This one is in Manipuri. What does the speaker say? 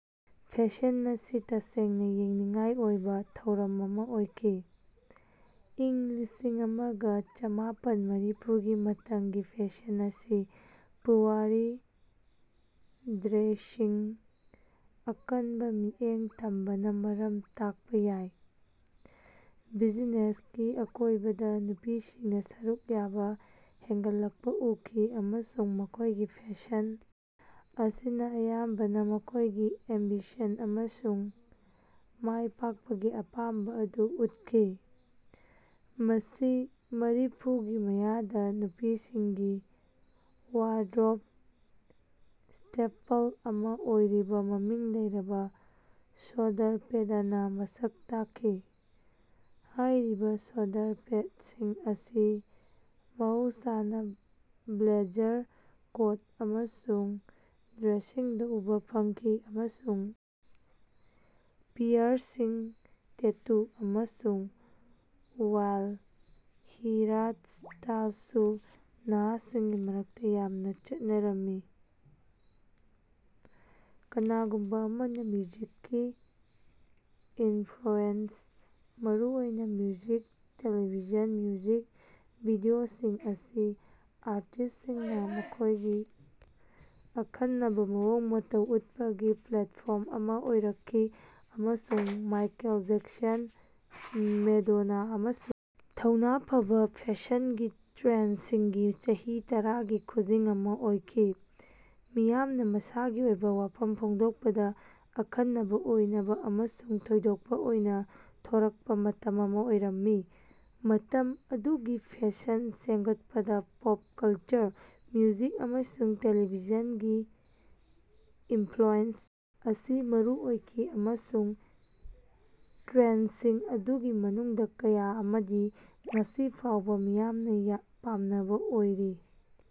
ꯐꯦꯁꯟ ꯑꯁꯤ ꯇꯁꯦꯡꯅ ꯌꯦꯡꯅꯤꯡꯉꯥꯏ ꯑꯣꯏꯕ ꯊꯧꯔꯝ ꯑꯃ ꯑꯣꯏꯈꯤ꯫ꯏꯪ ꯂꯤꯁꯤꯡ ꯑꯃꯒ ꯆꯃꯥꯄꯟ ꯃꯔꯤꯐꯨꯒꯤ ꯃꯇꯝꯒꯤ ꯐꯦꯁꯟ ꯑꯁꯤ ꯄꯥꯋꯔ ꯗ꯭ꯔꯦꯁꯤꯡꯗ ꯑꯀꯟꯕ ꯃꯤꯠꯌꯦꯡ ꯊꯝꯕꯅ ꯃꯁꯛ ꯇꯥꯛꯄ ꯌꯥꯏ꯫ ꯕꯤꯖꯤꯅꯦꯁꯀꯤ ꯑꯀꯣꯏꯕꯗ ꯅꯨꯄꯤꯁꯤꯡꯅ ꯁꯔꯨꯛ ꯌꯥꯕ ꯍꯦꯟꯒꯠꯂꯛꯄ ꯎꯈꯤ ꯑꯃꯁꯨꯡ ꯃꯈꯣꯏꯒꯤ ꯐꯦꯁꯟ ꯑꯁꯤꯅ ꯑꯌꯥꯝꯕꯅ ꯃꯈꯣꯏꯒꯤ ꯑꯦꯝꯕꯤꯁꯟ ꯑꯃꯁꯨꯡ ꯃꯥꯏꯄꯥꯛꯄꯒꯤ ꯑꯄꯥꯝꯕ ꯑꯗꯨ ꯎꯠꯈꯤ꯫ ꯃꯁꯤ ꯃꯔꯤꯐꯨꯒꯤ ꯃꯌꯥꯗ ꯅꯨꯄꯤꯁꯤꯡꯒꯤ ꯋꯥꯔꯗ꯭ꯔꯣꯕ ꯁ꯭ꯇꯦꯄꯜ ꯑꯃ ꯑꯣꯏꯔꯤꯕ ꯃꯃꯤꯡ ꯂꯩꯔꯕ ꯁꯣꯜꯗꯔ-ꯄꯦꯗꯅ ꯃꯁꯛ ꯇꯥꯛꯈꯤ꯫ ꯍꯥꯏꯔꯤꯕ ꯁꯣꯜꯗꯔ-ꯄꯦꯗꯁꯤꯡ ꯑꯁꯤ ꯃꯍꯧꯁꯥꯅ ꯕ꯭ꯂꯦꯖꯥꯔ, ꯀꯣꯠ ꯑꯃꯁꯨꯡ ꯗ꯭ꯔꯦꯁꯁꯤꯡꯗ ꯎꯕ ꯐꯪꯈꯤ ꯑꯃꯁꯨꯡ ꯄꯤꯌꯔꯁꯤꯡ, ꯇꯦꯇꯨ ꯑꯃꯁꯨꯡ ꯋꯥꯏꯜꯗ ꯍꯤꯌꯔꯁ꯭ꯇꯥꯏꯜꯁꯨ ꯅꯍꯥꯁꯤꯡꯒꯤ ꯃꯔꯛꯇ ꯌꯥꯝꯅ ꯆꯠꯅꯔꯝꯃꯤ꯫ ꯀꯅꯥꯒꯨꯝꯕ ꯑꯃꯅ ꯃ꯭ꯌꯨꯖꯤꯛꯀꯤ ꯏꯟꯐ꯭ꯂꯨꯑꯦꯟꯁ, ꯃꯔꯨꯑꯣꯏꯅ ꯃ꯭ꯌꯨꯖꯤꯛ ꯇꯦꯂꯤꯚꯤꯖꯟ ꯃ꯭ꯌꯨꯖꯤꯛ ꯚꯤꯗꯤꯑꯣꯁꯤꯡ ꯑꯁꯤ ꯑꯥꯔꯇꯤꯁꯠꯁꯤꯡꯅ ꯃꯈꯣꯏꯒꯤ ꯑꯈꯟꯅꯕ ꯃꯑꯣꯡ ꯃꯇꯧ ꯎꯠꯄꯒꯤ ꯄ꯭ꯂꯦꯠꯐꯣꯔꯝ ꯑꯃ ꯑꯣꯏꯔꯛꯈꯤ ꯑꯃꯁꯨꯡ ꯃꯥꯏꯀꯦꯜ ꯖꯦꯛꯁꯟ, ꯃꯦꯗꯣꯅꯥ ꯑꯃꯁꯨꯡ ꯊꯧꯅꯥ ꯐꯕ ꯐꯦꯁꯟꯒꯤ ꯇ꯭ꯔꯦꯟꯗꯁꯤꯡꯒꯤ ꯆꯍꯤ ꯇꯔꯥꯒꯤ ꯈꯨꯖꯤꯡ ꯑꯃ ꯑꯣꯏꯈꯤ꯫ ꯃꯤꯌꯥꯝꯅ ꯃꯁꯥꯒꯤ ꯑꯣꯏꯕ ꯋꯥꯐꯝ ꯐꯣꯡꯗꯣꯛꯄꯗ ꯑꯈꯟꯅꯕ ꯑꯣꯏꯅꯕ ꯑꯃꯁꯨꯡ ꯊꯣꯏꯗꯣꯛꯄ ꯑꯣꯏꯅ ꯊꯣꯔꯛꯄ ꯃꯇꯝ ꯑꯃ ꯑꯣꯏꯔꯝꯃꯤ꯫ ꯃꯇꯝ ꯑꯗꯨꯒꯤ ꯐꯦꯁꯟ ꯁꯦꯝꯒꯠꯄꯗ ꯄꯣꯞ ꯀꯜꯆꯔ, ꯃ꯭ꯌꯨꯖꯤꯛ ꯑꯃꯁꯨꯡ ꯇꯦꯂꯤꯚꯤꯖꯟꯒꯤ ꯏꯟꯐ꯭ꯂꯨꯑꯦꯟꯁ ꯑꯁꯤ ꯃꯔꯨ ꯑꯣꯏꯈꯤ ꯑꯃꯁꯨꯡ ꯇ꯭ꯔꯦꯟꯗꯁꯤꯡ ꯑꯗꯨꯒꯤ ꯃꯅꯨꯡꯗ ꯀꯌꯥ ꯑꯃꯗꯤ ꯉꯁꯤ ꯐꯥꯎꯕ ꯃꯤꯌꯥꯝꯅ ꯄꯥꯝꯅꯕ ꯑꯣꯏꯔꯤ꯫